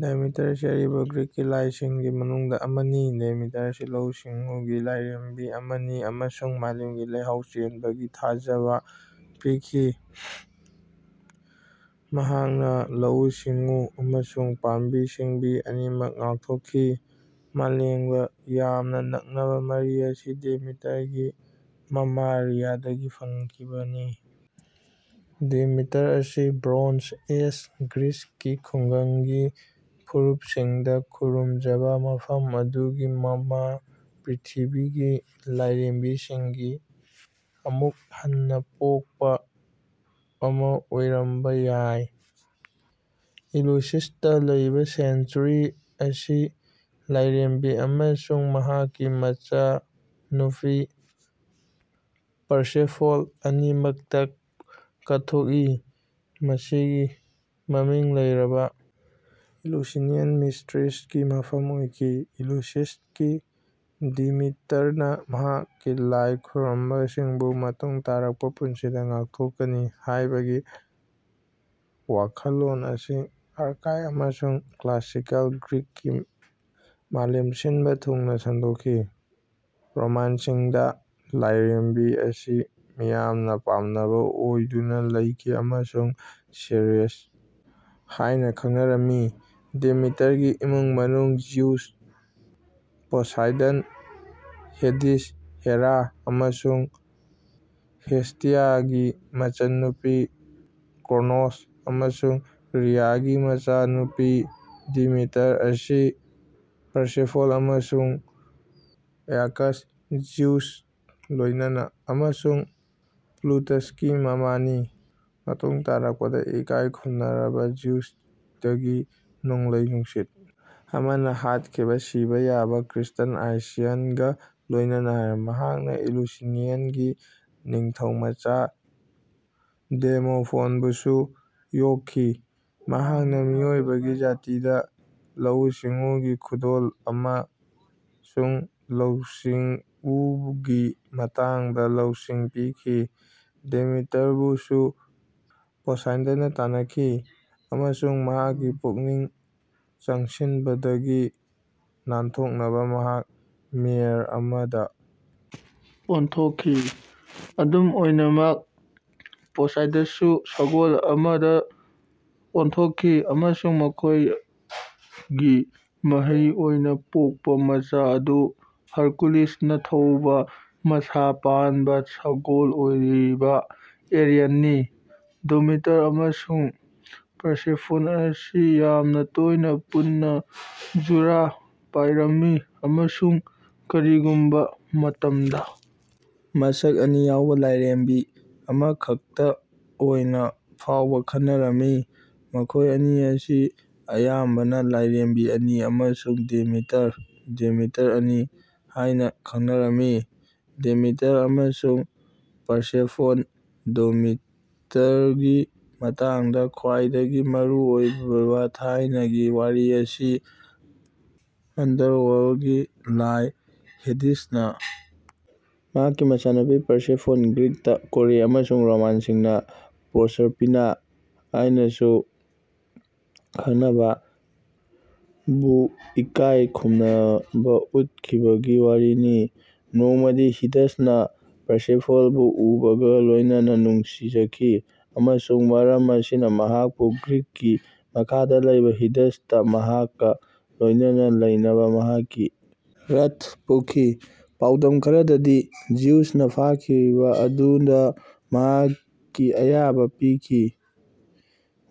Demeter ꯑꯁꯤ ꯑꯔꯤꯕ ꯒ꯭ꯔꯤꯛꯀꯤ ꯂꯥꯏꯁꯤꯡꯒꯤ ꯃꯅꯨꯡꯗ ꯑꯃꯅꯤ꯫ ꯗꯦꯃꯤꯇꯔ ꯑꯁꯤ ꯂꯧꯎ-ꯁꯤꯡꯎꯒꯤ ꯂꯥꯏꯔꯦꯝꯕꯤ ꯑꯃꯅꯤ ꯑꯃꯁꯨꯡ ꯃꯥꯂꯦꯝꯒꯤ ꯂꯩꯍꯥꯎ ꯆꯦꯟꯕꯒꯤ ꯊꯥꯖꯕ ꯄꯤꯈꯤ꯫ ꯃꯍꯥꯛꯅ ꯂꯧꯎ-ꯁꯤꯡꯎ ꯑꯃꯁꯨꯡ ꯄꯥꯝꯕꯤ-ꯁꯤꯡꯕꯤ ꯑꯅꯤꯃꯛ ꯉꯥꯛꯊꯣꯛꯈꯤ꯫ ꯃꯥꯂꯦꯝꯒ ꯌꯥꯝꯅ ꯅꯛꯅꯕ ꯃꯔꯤ ꯑꯁꯤ ꯗꯦꯃꯤꯇꯔꯒꯤ ꯃꯃꯥ ꯔꯤꯌꯥꯗꯒꯤ ꯐꯪꯈꯤꯕꯅꯤ꯫ ꯗꯦꯃꯤꯇꯔ ꯑꯁꯤ ꯕ꯭ꯔꯣꯟꯖ ꯑꯦꯖ ꯒ꯭ꯔꯤꯁꯀꯤ ꯈꯨꯡꯒꯪꯒꯤ ꯐꯨꯔꯨꯞꯁꯤꯡꯗ ꯈꯨꯔꯨꯝꯖꯕ ꯃꯐꯝ ꯑꯗꯨꯒꯤ ꯃꯃꯥ ꯄ꯭ꯔꯤꯊꯤꯕꯤꯒꯤ ꯂꯥꯏꯔꯦꯝꯕꯤꯁꯤꯡꯒꯤ ꯑꯃꯨꯛ ꯍꯟꯅ ꯄꯣꯛꯄ ꯑꯃ ꯑꯣꯏꯔꯝꯕ ꯌꯥꯏ꯫ ꯏꯂꯨꯁꯤꯁꯇ ꯂꯩꯕ ꯁꯦꯟꯆꯨꯔꯤ ꯑꯁꯤ ꯂꯥꯏꯔꯦꯝꯕꯤ ꯑꯃꯁꯨꯡ ꯃꯍꯥꯛꯀꯤ ꯃꯆꯥꯅꯨꯄꯤ ꯄꯔꯁꯦꯐꯣꯟ ꯑꯅꯤꯃꯛꯇ ꯀꯠꯊꯣꯛꯏ꯫ ꯃꯁꯤ ꯃꯃꯤꯡ ꯂꯩꯔꯕ ꯏꯂꯨꯁꯤꯅꯤꯌꯟ ꯃꯤꯁꯇ꯭ꯔꯤꯁꯀꯤ ꯃꯐꯝ ꯑꯣꯏꯈꯤ꯫ ꯏꯂꯨꯁꯤꯁꯇꯒꯤ ꯗꯤꯃꯤꯇꯔꯅ ꯃꯍꯥꯛꯀꯤ ꯂꯥꯏ ꯈꯨꯔꯨꯝꯕꯁꯤꯡꯕꯨ ꯃꯇꯨꯡ ꯇꯥꯔꯛꯄ ꯄꯨꯟꯁꯤꯗ ꯉꯥꯛꯊꯣꯛꯀꯅꯤ ꯍꯥꯏꯕꯒꯤ ꯋꯥꯈꯜꯂꯣꯟ ꯑꯁꯤ ꯑꯥꯔꯀꯥꯏꯛ ꯑꯃꯁꯨꯡ ꯀ꯭ꯂꯥꯁꯤꯀꯦꯜ ꯒ꯭ꯔꯤꯛꯀꯤ ꯃꯥꯂꯦꯝ ꯁꯤꯟꯕ ꯊꯨꯡꯅ ꯁꯟꯗꯣꯛꯈꯤ꯫ ꯔꯣꯃꯥꯟꯁꯤꯡꯗ, ꯂꯥꯏꯔꯦꯝꯕꯤ ꯑꯁꯤ ꯃꯤꯌꯥꯝꯅ ꯄꯥꯝꯅꯕ ꯑꯣꯏꯗꯨꯅ ꯂꯩꯈꯤ ꯑꯃꯁꯨꯡ ꯁꯦꯔꯦꯁ ꯍꯥꯏꯅ ꯈꯪꯅꯔꯝꯃꯤ꯫ ꯗꯦꯃꯤꯇꯔꯒꯤ ꯏꯃꯨꯡ ꯃꯅꯨꯡ ꯖꯤꯎꯁ, ꯄꯣꯁꯥꯏꯗꯟ, ꯍꯦꯗꯤꯁ, ꯍꯦꯔꯥ, ꯑꯃꯁꯨꯡ ꯍꯦꯁꯇꯤꯌꯥꯒꯤ ꯃꯆꯟ-ꯅꯨꯄꯤ ꯀ꯭ꯔꯣꯅꯣꯁ ꯑꯃꯁꯨꯡ ꯔꯤꯌꯥꯒꯤ ꯃꯆꯥꯅꯨꯄꯤ, ꯗꯦꯃꯤꯇꯔ ꯑꯁꯤ ꯄꯔꯁꯦꯐꯣꯟ ꯑꯃꯁꯨꯡ ꯑꯌꯥꯀꯁ (ꯖꯤꯎꯁꯀ ꯂꯣꯏꯅꯅ) ꯑꯃꯁꯨꯡ ꯄ꯭ꯂꯨꯇꯁꯀꯤ ꯃꯃꯥꯅꯤ (ꯃꯇꯨꯡ ꯇꯥꯔꯛꯄꯗ ꯏꯀꯥꯏ ꯈꯨꯝꯅꯔꯕ ꯖꯤꯎꯁꯇꯒꯤ ꯅꯣꯡꯂꯩ ꯅꯨꯡꯁꯤꯠ ꯑꯃꯅ ꯍꯥꯠꯈꯤꯕ ꯁꯤꯕ ꯌꯥꯕ ꯀ꯭ꯔꯤꯇꯟ ꯑꯥꯏꯁꯤꯌꯟꯒ ꯂꯣꯏꯅꯅ)꯫ ꯃꯍꯥꯛꯅ ꯏꯂꯨꯁꯤꯅꯤꯌꯟꯒꯤ ꯅꯤꯡꯊꯧꯃꯆꯥ ꯗꯦꯃꯣꯐꯣꯟꯕꯨꯁꯨ ꯌꯣꯛꯈꯤ, ꯃꯍꯥꯛꯅ ꯃꯤꯑꯣꯏꯕꯒꯤ ꯖꯥꯇꯤꯗ ꯂꯧꯎ-ꯁꯤꯡꯎꯒꯤ ꯈꯨꯗꯣꯜ ꯑꯃꯁꯨꯡ ꯂꯧꯎ-ꯁꯤꯡꯎꯒꯤ ꯃꯇꯥꯡꯗ ꯂꯧꯁꯤꯡ ꯄꯤꯈꯤ꯫ ꯗꯦꯃꯤꯇꯔꯕꯨꯁꯨ ꯄꯣꯁꯥꯏꯗꯟꯅ ꯇꯥꯟꯅꯈꯤ, ꯑꯃꯁꯨꯡ ꯃꯍꯥꯛꯀꯤ ꯄꯨꯛꯅꯤꯡ ꯆꯪꯁꯤꯟꯕꯗꯒꯤ ꯅꯥꯟꯊꯣꯛꯅꯕ ꯃꯍꯥꯛ ꯃꯦꯔ ꯑꯃꯗ ꯑꯣꯟꯊꯣꯛꯈꯤ꯫ ꯑꯗꯨꯝ ꯑꯣꯏꯅꯃꯛ, ꯄꯣꯁꯥꯏꯗꯟꯁꯨ ꯁꯒꯣꯜ ꯑꯃꯗ ꯑꯣꯟꯊꯣꯛꯈꯤ ꯑꯃꯁꯨꯡ ꯃꯈꯣꯏꯒꯤ ꯃꯍꯩ ꯑꯣꯏꯅ ꯄꯣꯛꯄ ꯃꯆꯥ ꯑꯗꯨ ꯍꯔꯀꯨꯂꯤꯁꯅ ꯊꯧꯕ ꯃꯁꯥ ꯄꯥꯟꯕ ꯁꯒꯣꯜ ꯑꯣꯏꯔꯤꯕ ꯑꯦꯔꯤꯌꯟꯅꯤ꯫ ꯗꯦꯃꯤꯇꯔ ꯑꯃꯁꯨꯡ ꯄꯔꯁꯦꯐꯣꯟ ꯑꯁꯤ ꯌꯥꯝꯅ ꯇꯣꯏꯅ ꯄꯨꯟꯅ ꯖꯨꯔꯥ ꯄꯥꯏꯔꯝꯃꯤ ꯑꯃꯁꯨꯡ ꯀꯔꯤꯒꯨꯝꯕ ꯃꯇꯝꯗ ꯃꯁꯛ ꯑꯅꯤ ꯌꯥꯎꯕ ꯂꯥꯏꯔꯦꯝꯕꯤ ꯑꯃꯈꯛꯇ ꯑꯣꯏꯅ ꯐꯥꯎꯕ ꯈꯪꯅꯔꯝꯃꯤ꯫ ꯃꯈꯣꯏ ꯑꯅꯤ ꯑꯁꯤ ꯑꯌꯥꯝꯕꯅ 'ꯂꯥꯏꯔꯦꯝꯕꯤ ꯑꯅꯤ' ꯑꯃꯁꯨꯡ ꯗꯦꯃꯤꯇꯔ (ꯗꯦꯃꯤꯇꯔ ꯑꯅꯤ) ꯍꯥꯏꯅ ꯈꯪꯅꯔꯝꯃꯤ꯫ ꯗꯦꯃꯤꯇꯔ ꯑꯃꯁꯨꯡ ꯄꯔꯁꯦꯐꯣꯟ ꯗꯦꯃꯤꯇꯔꯒꯤ ꯃꯇꯥꯡꯗ ꯈ꯭ꯋꯥꯏꯗꯒꯤ ꯃꯔꯨꯑꯣꯏꯕ ꯊꯥꯏꯅꯒꯤ ꯋꯥꯔꯤ ꯑꯁꯤ ꯑꯟꯗꯔꯋꯥꯔꯜꯀꯤ ꯂꯥꯏ ꯍꯦꯗꯤꯁꯅ ꯃꯍꯥꯛꯀꯤ ꯃꯆꯥꯅꯨꯄꯤ ꯄꯔꯁꯦꯐꯣꯟ (ꯒ꯭ꯔꯤꯛꯇ ꯀꯣꯔꯦ ꯑꯃꯁꯨꯡ ꯔꯣꯃꯥꯟꯁꯤꯡꯅ ꯄ꯭ꯔꯣꯁꯔꯄꯤꯅꯥ ꯍꯥꯏꯅꯁꯨ ꯈꯪꯅꯕ) ꯕꯨ ꯏꯀꯥꯏ ꯈꯨꯝꯅꯕ ꯎꯠꯈꯤꯕꯒꯤ ꯋꯥꯔꯤꯅꯤ꯫ ꯅꯣꯡꯃꯗꯤ ꯍꯦꯗꯤꯁꯅ ꯄꯔꯁꯦꯐꯣꯟꯕꯨ ꯎꯕꯒ ꯂꯣꯏꯅꯅ ꯅꯨꯡꯁꯤꯖꯈꯤ ꯑꯃꯁꯨꯡ ꯃꯔꯝ ꯑꯁꯤꯅ ꯃꯍꯥꯛꯄꯨ ꯒ꯭ꯔꯤꯛꯀꯤ ꯃꯈꯥꯗ ꯂꯩꯕ ꯍꯦꯗꯤꯁꯇ ꯃꯍꯥꯛꯀ ꯂꯣꯏꯅꯅ ꯂꯩꯅꯕ ꯃꯍꯥꯛꯀꯤ ꯔꯊꯠ ꯄꯨꯈꯤ꯫ ꯄꯥꯎꯗꯝ ꯈꯔꯗꯗꯤ, ꯖꯤꯎꯁꯅ ꯐꯥꯈꯤꯕ ꯑꯗꯨꯗ ꯃꯍꯥꯛꯀꯤ ꯑꯌꯥꯕ ꯄꯤꯈꯤ,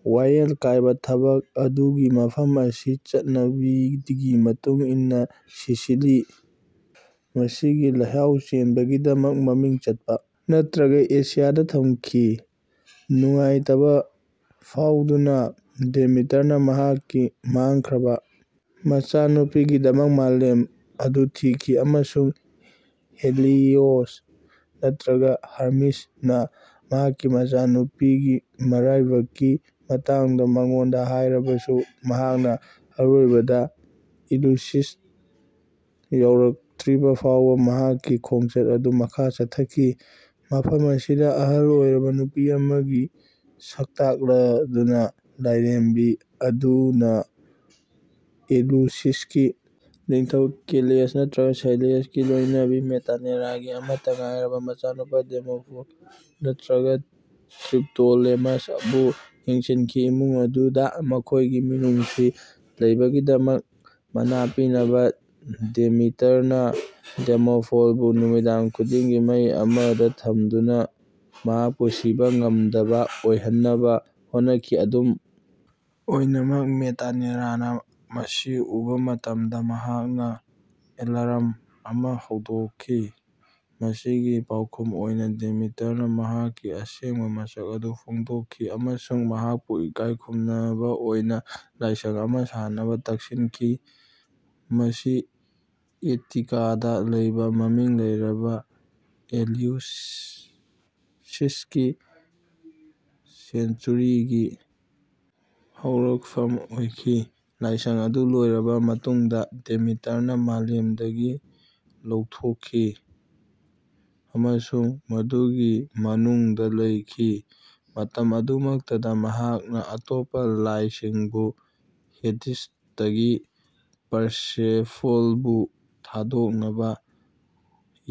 ꯋꯥꯌꯦꯜ ꯀꯥꯏꯕ ꯊꯕꯛ ꯑꯗꯨꯒꯤ ꯃꯐꯝ ꯑꯁꯤ ꯆꯠꯅꯕꯤꯒꯤ ꯃꯇꯨꯡ ꯏꯟꯅ ꯁꯤꯁꯤꯂꯤ (ꯃꯁꯤꯒꯤ ꯂꯩꯍꯥꯎ ꯆꯦꯟꯕꯒꯤꯗꯃꯛ ꯃꯃꯤꯡ ꯆꯠꯄ) ꯅꯠꯇ꯭ꯔꯒ ꯑꯦꯁꯤꯌꯥꯗ ꯊꯝꯈꯤ꯫ ꯅꯨꯡꯉꯥꯏꯇꯕ ꯐꯥꯎꯗꯨꯅ, ꯗꯦꯃꯤꯇꯔꯅ ꯃꯍꯥꯛꯀꯤ ꯃꯥꯡꯈ꯭ꯔꯕ ꯃꯆꯥꯅꯨꯄꯤꯒꯤꯗꯃꯛ ꯃꯥꯂꯦꯝ ꯑꯗꯨ ꯊꯤꯈꯤ ꯑꯃꯁꯨꯡ ꯍꯦꯂꯤꯑꯣꯁ (ꯅꯠꯇ꯭ꯔꯒ ꯍꯔꯃꯤꯁ)ꯅ ꯃꯍꯥꯛꯀꯤ ꯃꯆꯥꯅꯨꯄꯤꯒꯤ ꯃꯔꯥꯏꯕꯛꯀꯤ ꯃꯇꯥꯡꯗ ꯃꯉꯣꯟꯗ ꯍꯥꯏꯔꯕꯁꯨ, ꯃꯍꯥꯛꯅ ꯑꯔꯣꯏꯕꯗ ꯏꯂꯨꯁꯤꯁꯇ ꯌꯧꯔꯛꯇ꯭ꯔꯤꯐꯥꯎꯕ ꯃꯍꯥꯛꯀꯤ ꯈꯣꯡꯆꯠ ꯑꯗꯨ ꯃꯈꯥ ꯆꯠꯊꯈꯤ꯫ ꯃꯐꯝ ꯑꯁꯤꯗ, ꯑꯍꯜ ꯑꯣꯏꯔꯕ ꯅꯨꯄꯤ ꯑꯃꯒꯤ ꯁꯛꯇꯥꯛꯂꯗꯨꯅ, ꯂꯥꯏꯔꯦꯝꯕꯤ ꯑꯗꯨꯅ ꯑꯦꯂꯨꯁꯤꯁꯀꯤ ꯅꯤꯡꯊꯧ ꯀꯦꯂꯤꯑꯣꯁ (ꯅꯠꯇ꯭ꯔꯒ ꯁꯦꯂꯤꯌꯁ)ꯒꯤ ꯂꯣꯏꯅꯕꯤ ꯃꯦꯇꯥꯅꯦꯔꯥꯒꯤ ꯑꯃꯠꯇ ꯉꯥꯏꯔꯕ ꯃꯆꯥꯅꯨꯄꯥ ꯗꯦꯃꯣꯐꯣꯟ (ꯅꯠꯇ꯭ꯔꯒꯥ ꯇ꯭ꯔꯤꯞꯇꯣꯂꯦꯃꯁ)ꯕꯨ ꯌꯦꯡꯁꯤꯟꯈꯤ꯫ ꯏꯃꯨꯡ ꯑꯗꯨꯗ ꯃꯈꯣꯏꯒꯤ ꯃꯤꯅꯨꯡꯁꯤ ꯂꯩꯕꯒꯤꯗꯃꯛ ꯃꯅꯥ ꯄꯤꯅꯕ, ꯗꯦꯃꯤꯇꯔꯅ ꯗꯦꯃꯣꯐꯣꯟꯕꯨ ꯅꯨꯃꯤꯗꯥꯡ ꯈꯨꯗꯤꯡꯒꯤ ꯃꯩ ꯑꯃꯗ ꯊꯝꯗꯨꯅ ꯃꯍꯥꯛꯄꯨ ꯁꯤꯕ ꯉꯝꯗꯕ ꯑꯣꯏꯍꯟꯅꯕ ꯍꯣꯠꯅꯈꯤ꯫ ꯑꯗꯨꯝ ꯑꯣꯏꯅꯃꯛ, ꯃꯦꯇꯥꯅꯦꯔꯥꯅ ꯃꯁꯤ ꯎꯕ ꯃꯇꯝꯗ ꯃꯍꯥꯛꯅ ꯑꯦꯂꯥꯔꯝ ꯑꯃ ꯍꯧꯗꯣꯛꯈꯤ꯫ ꯃꯁꯤꯒꯤ ꯄꯥꯎꯈꯨꯝ ꯑꯣꯏꯅ ꯗꯦꯃꯤꯇꯔꯅ ꯃꯍꯥꯛꯀꯤ ꯑꯁꯦꯡꯕ ꯃꯁꯛ ꯑꯗꯨ ꯐꯣꯡꯗꯣꯛꯈꯤ ꯑꯃꯁꯨꯡ ꯃꯍꯥꯛꯄꯨ ꯏꯀꯥꯏꯈꯨꯝꯅꯕ ꯑꯣꯏꯅ ꯂꯥꯏꯁꯪ ꯑꯃ ꯁꯥꯅꯕ ꯇꯛꯁꯤꯟꯈꯤ꯫ ꯃꯁꯤ ꯑꯦꯇꯤꯀꯥꯗ ꯂꯩꯕ ꯃꯃꯤꯡ ꯂꯩꯔꯕ ꯑꯦꯂꯤꯎꯁꯤꯁꯀꯤ ꯁꯦꯟꯆꯨꯔꯤꯒꯤ ꯍꯧꯔꯛꯐꯝ ꯑꯣꯏꯈꯤ꯫ ꯂꯥꯏꯁꯪ ꯑꯗꯨ ꯂꯣꯏꯔꯕ ꯃꯇꯨꯡꯗ, ꯗꯦꯃꯤꯇꯔꯅ ꯃꯥꯂꯦꯝꯗꯒꯤ ꯂꯧꯊꯣꯛꯈꯤ ꯑꯃꯁꯨꯡ ꯃꯗꯨꯒꯤ ꯃꯅꯨꯡꯗ ꯂꯩꯈꯤ; ꯃꯇꯝ ꯑꯗꯨꯃꯛꯇꯗ ꯃꯍꯥꯛꯅ ꯑꯇꯣꯞꯄ ꯂꯥꯏꯁꯤꯡꯕꯨ ꯍꯦꯗꯤꯁꯇꯒꯤ ꯄꯔꯁꯦꯐꯣꯟꯕꯨ ꯊꯥꯗꯣꯛꯅꯕ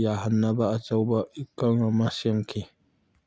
ꯌꯥꯍꯟꯅꯕ ꯑꯆꯧꯕ ꯏꯀꯪ ꯑꯃ ꯁꯦꯝꯈꯤ꯫